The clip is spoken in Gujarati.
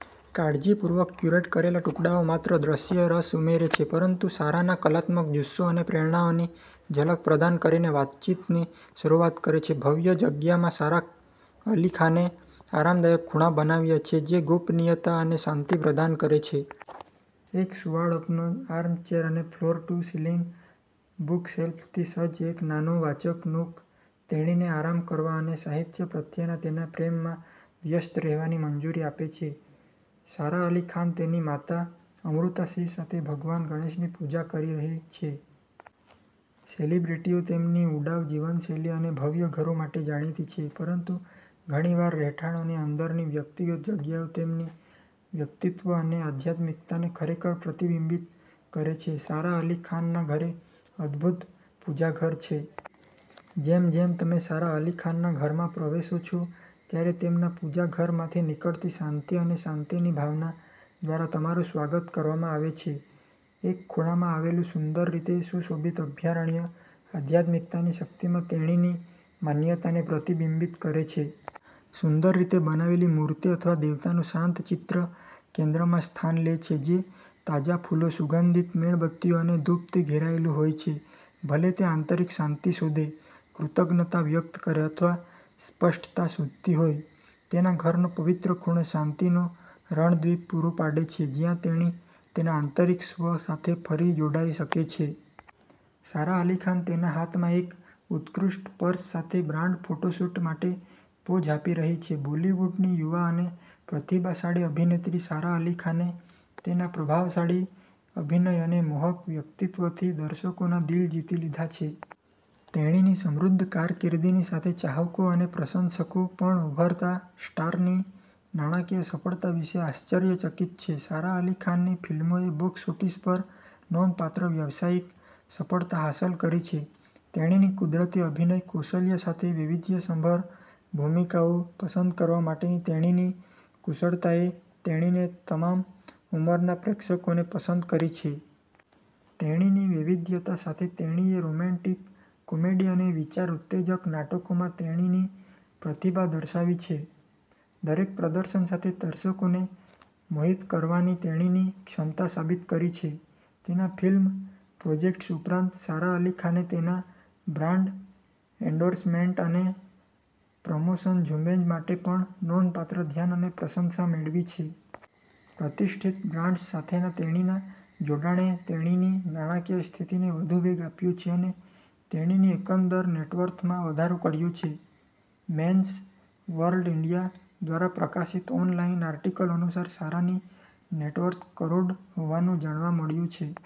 કાળજીપૂર્વક ક્યુરેટ કરેલ ટુકડાઓ માત્ર દ્રશ્ય રસ ઉમેરે છે પરંતુ સારાના કલાત્મક જુસ્સો અને પ્રેરણાઓની ઝલક પ્રદાન કરીને વાતચીતની શરૂઆત કરે છે. ભવ્ય જગ્યામાં સારા અલી ખાને આરામદાયક ખૂણા બનાવ્યા છે જે ગોપનીયતા અને શાંતિ પ્રદાન કરે છે. એક સુંવાળપનો આર્મચેર અને ફ્લોર-ટુ-સીલિંગ બુકશેલ્ફથી સજ્જ એક નાનો વાંચન નૂક, તેણીને આરામ કરવા અને સાહિત્ય પ્રત્યેના તેના પ્રેમમાં વ્યસ્ત રહેવાની મંજૂરી આપે છે. સારા અલી ખાન તેની માતા અમૃતા સિંહ સાથે ભગવાન ગણેશની પૂજા કરી રહી છે. સેલિબ્રિટીઓ તેમની ઉડાઉ જીવનશૈલી અને ભવ્ય ઘરો માટે જાણીતી છે પરંતુ ઘણી વાર રહેઠાણોની અંદરની વ્યક્તિગત જગ્યાઓ તેમની વ્યક્તિત્વ અને આધ્યાત્મિકતાને ખરેખર પ્રતિબિંબિત કરે છે. સારા અલી ખાનના ઘરે અદભૂત 'પૂજા ઘર' છે. જેમ જેમ તમે સારા અલી ખાનના ઘરમાં પ્રવેશો છો, ત્યારે તેમના 'પૂજા ઘર' માંથી નીકળતી શાંતિ અને શાંતિની ભાવના દ્વારા તમારું સ્વાગત કરવામાં આવે છે. એક ખૂણામાં આવેલું સુંદર રીતે સુશોભિત અભયારણ્ય આધ્યાત્મિકતાની શક્તિમાં તેણીની માન્યતાને પ્રતિબિંબિત કરે છે. સુંદર રીતે બનાવેલી મૂર્તિ અથવા દેવતાનું શાંત ચિત્ર કેન્દ્રમાં સ્થાન લે છે જે તાજા ફૂલો, સુગંધિત મીણબત્તીઓ અને ધૂપથી ઘેરાયેલું હોય છે. ભલે તે આંતરિક શાંતિ શોધે, કૃતજ્ઞતા વ્યક્ત કરે અથવા સ્પષ્ટતા શોધતી હોય, તેના ઘરનો પવિત્ર ખૂણો શાંતિનો રણદ્વીપ પૂરો પાડે છે જ્યાં તેણી તેના આંતરિક સ્વ સાથે ફરી જોડાઈ શકે છે. સારા અલી ખાન તેના હાથમાં એક ઉત્કૃષ્ટ પર્સ સાથે બ્રાન્ડ ફોટોશૂટ માટે પોઝ આપી રહી છે. બોલિવૂડની યુવા અને પ્રતિભાશાળી અભિનેત્રી સારા અલી ખાને તેના પ્રભાવશાળી અભિનય અને મોહક વ્યક્તિત્વથી દર્શકોના દિલ જીતી લીધા છે. તેણીની સમૃદ્ધ કારકિર્દીની સાથે ચાહકો અને પ્રશંસકો પણ ઉભરતા સ્ટારની નાણાકીય સફળતા વિશે આશ્ચર્યચકિત છે. સારા અલી ખાનની ફિલ્મોએ બોક્સ ઓફિસ પર નોંધપાત્ર વ્યવસાયિક સફળતા હાંસલ કરી છે. તેણીની કુદરતી અભિનય કૌશલ્ય સાથે વૈવિધ્યસભર ભૂમિકાઓ પસંદ કરવા માટેની તેણીની કુશળતાએ તેણીને તમામ ઉંમરના પ્રેક્ષકોને પસંદ કરી છે. તેણીની વૈવિધ્યતા સાથે તેણીએ રોમેન્ટિક કોમેડી અને વિચાર ઉત્તેજક નાટકોમાં તેણીની પ્રતિભા દર્શાવી છે. દરેક પ્રદર્શન સાથે દર્શકોને મોહિત કરવાની તેણીની ક્ષમતા સાબિત કરી છે. તેના ફિલ્મ પ્રોજેક્ટ્સ ઉપરાંત, સારા અલી ખાને તેના બ્રાન્ડ એન્ડોર્સમેન્ટ્સ અને પ્રમોશનલ ઝુંબેશ માટે પણ નોંધપાત્ર ધ્યાન અને પ્રશંસા મેળવી છે. પ્રતિષ્ઠિત બ્રાન્ડ્સ સાથેના તેણીના જોડાણે તેણીની નાણાકીય સ્થિતિને વધુ વેગ આપ્યો છે અને તેણીની એકંદર નેટવર્થમાં વધારો કર્યો છે. 'મેન્સ વર્લ્ડ ઈન્ડિયા' દ્વારા પ્રકાશિત ઓનલાઈન આર્ટિકલ અનુસાર, સારાની નેટવર્થ કરોડ હોવાનું જાણવા મળ્યું હતું.